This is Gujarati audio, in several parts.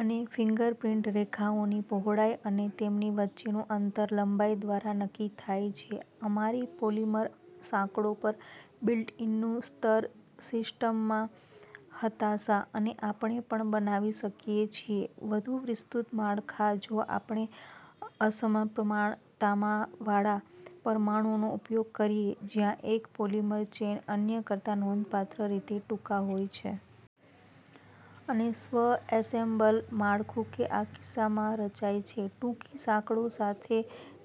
અને ફિંગરપ્રિન્ટ રેખાઓની પહોળાઈ અને તેમની વચ્ચેનું અંતર લંબાઈ દ્વારા નક્કી થાય છે અમારી પોલિમર સાંકળો પણ બિલ્ટ-ઇનનું સ્તર સિસ્ટમમાં હતાશા. અને આપણે પણ બનાવી શકીએ છીએ વધુ વિસ્તૃત માળખાં જો આપણે અસમપ્રમાણતાવાળા પરમાણુઓનો ઉપયોગ કરીએ, જ્યાં એક પોલિમર ચેઇન અન્ય કરતા નોંધપાત્ર રીતે ટૂંકા હોય છે. અને સ્વ-એસેમ્બલ માળખું કે આ કિસ્સામાં રચાય છે ટૂંકી સાંકળો સાથે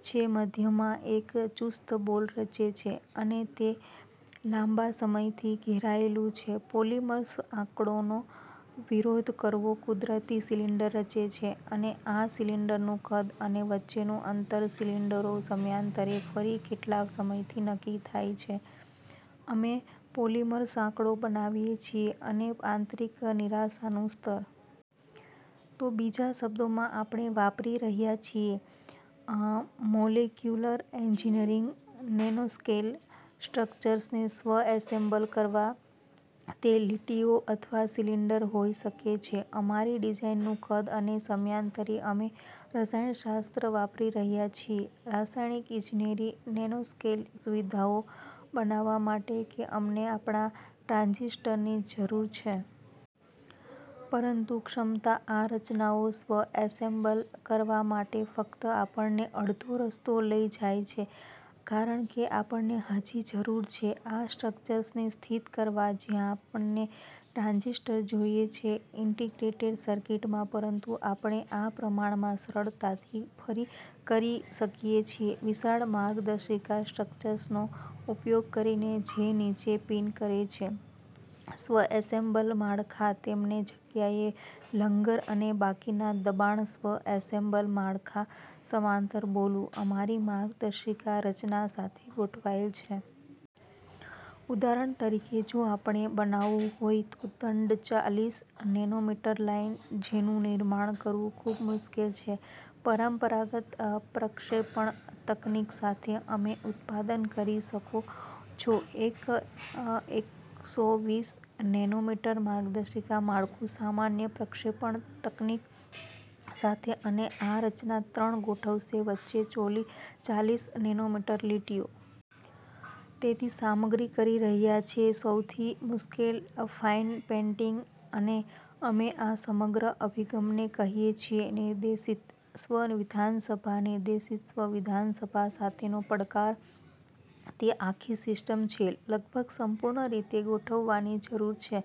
છે મધ્યમાં એક ચુસ્ત બોલ રચે છે, અને તે લાંબા સમયથી ઘેરાયેલું છે, પોલિમર સાંકળોનો વિરોધ કરવો, કુદરતી સિલિન્ડર રચે છે. અને આ સિલિન્ડરનું કદ અને વચ્ચેનું અંતર સિલિન્ડરો, સમયાંતરે, ફરી કેટલા સમયથી નક્કી થાય છે અમે પોલિમર સાંકળો બનાવીએ છીએ અને આંતરિક નિરાશાનું સ્તર. તો બીજા શબ્દોમાં, આપણે વાપરી રહ્યા છીએ મોલેક્યુલર એન્જિનિયરિંગ નેનોસ્કેલ સ્ટ્રક્ચર્સને સ્વ-એસેમ્બલ કરવા તે લીટીઓ અથવા સિલિન્ડર હોઈ શકે છે અમારી ડિઝાઇનનું કદ અને સમયાંતરે. અમે રસાયણશાસ્ત્ર વાપરી રહ્યા છીએ, રાસાયણિક ઇજનેરી, નેનોસ્કેલ સુવિધાઓ બનાવવા માટે કે અમને આપણા ટ્રાંઝિસ્ટરની જરૂર છે. પરંતુ ક્ષમતા આ રચનાઓ સ્વ-એસેમ્બલ કરવા માટે ફક્ત આપણને અડધો રસ્તો લઈ જાય છે, કારણ કે આપણને હજી જરૂર છે આ સ્ટ્રક્ચર્સને સ્થિત કરવા જ્યાં આપણને ટ્રાંઝિસ્ટર જોઈએ છે ઇન્ટિગ્રેટેડ સર્કિટમાં. પરંતુ આપણે આ પ્રમાણમાં સરળતાથી કરી શકીએ છીએ વિશાળ માર્ગદર્શિકા સ્ટ્રક્ચર્સનો ઉપયોગ કરીને જે નીચે પિન કરે છે સ્વ-એસેમ્બલ માળખાં, તેમને જગ્યાએ લંગર અને બાકીના દબાણ સ્વ-એસેમ્બલ માળખાં સમાંતર બોલવું, અમારી માર્ગદર્શિકા રચના સાથે ગોઠવાયેલ છે. ઉદાહરણ તરીકે, જો આપણે બનાવવું હોય તો દંડ, ચાલીસ નેનોમીટર લાઇન, જેનું નિર્માણ કરવું ખૂબ મુશ્કેલ છે પરંપરાગત પ્રક્ષેપણ તકનીક સાથે, અમે ઉત્પાદન કરી શકો છો એક એકસોવીસ નેનોમીટર માર્ગદર્શિકા માળખું સામાન્ય પ્રક્ષેપણ તકનીક સાથે, અને આ રચના ત્રણ ગોઠવશે વચ્ચે ચાલીસ નેનોમીટર લીટીઓ. તેથી સામગ્રી કરી રહ્યા છે સૌથી મુશ્કેલ ફાઇન પેટર્નિંગ. અને અમે આ સમગ્ર અભિગમને કહીએ છીએ "નિર્દેશિત સ્વ-વિધાનસભા. " નિર્દેશિત સ્વ-વિધાનસભા સાથેનો પડકાર તે આખી સિસ્ટમ છે લગભગ સંપૂર્ણ રીતે ગોઠવવાની જરૂર છે,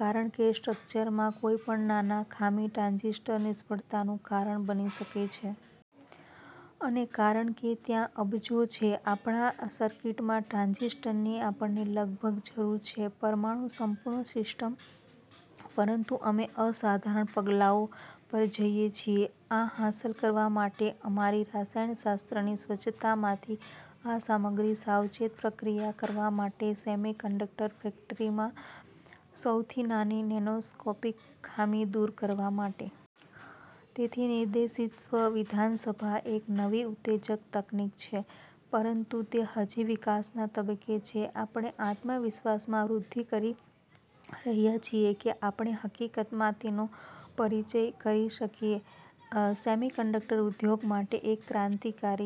કારણ કે સ્ટ્રક્ચરમાં કોઈપણ નાના ખામી ટ્રાંઝિસ્ટર નિષ્ફળતાનું કારણ બની શકે છે. અને કારણ કે ત્યાં અબજો છે આપણા સર્કિટમાં ટ્રાંઝિસ્ટરની, આપણને લગભગ જરૂર છે પરમાણુ સંપૂર્ણ સિસ્ટમ. પરંતુ અમે અસાધારણ પગલાઓ પર જઈએ છીએ આ હાંસલ કરવા માટે, અમારી રસાયણશાસ્ત્રની સ્વચ્છતામાંથી આ સામગ્રી સાવચેત પ્રક્રિયા કરવા માટે સેમિકન્ડક્ટર ફેક્ટરીમાં સૌથી નાની નેનોસ્કોપિક ખામી દૂર કરવા માટે. તેથી નિર્દેશિત સ્વ-વિધાનસભા એક નવી ઉત્તેજક તકનીક છે, પરંતુ તે હજી વિકાસના તબક્કે છે. આપણે આત્મવિશ્વાસમાં વૃદ્ધિ કરી રહ્યા છીએ કે આપણે, હકીકતમાં, તેનો પરિચય કરી શકીએ સેમિકન્ડક્ટર ઉદ્યોગ માટે એક ક્રાંતિકારી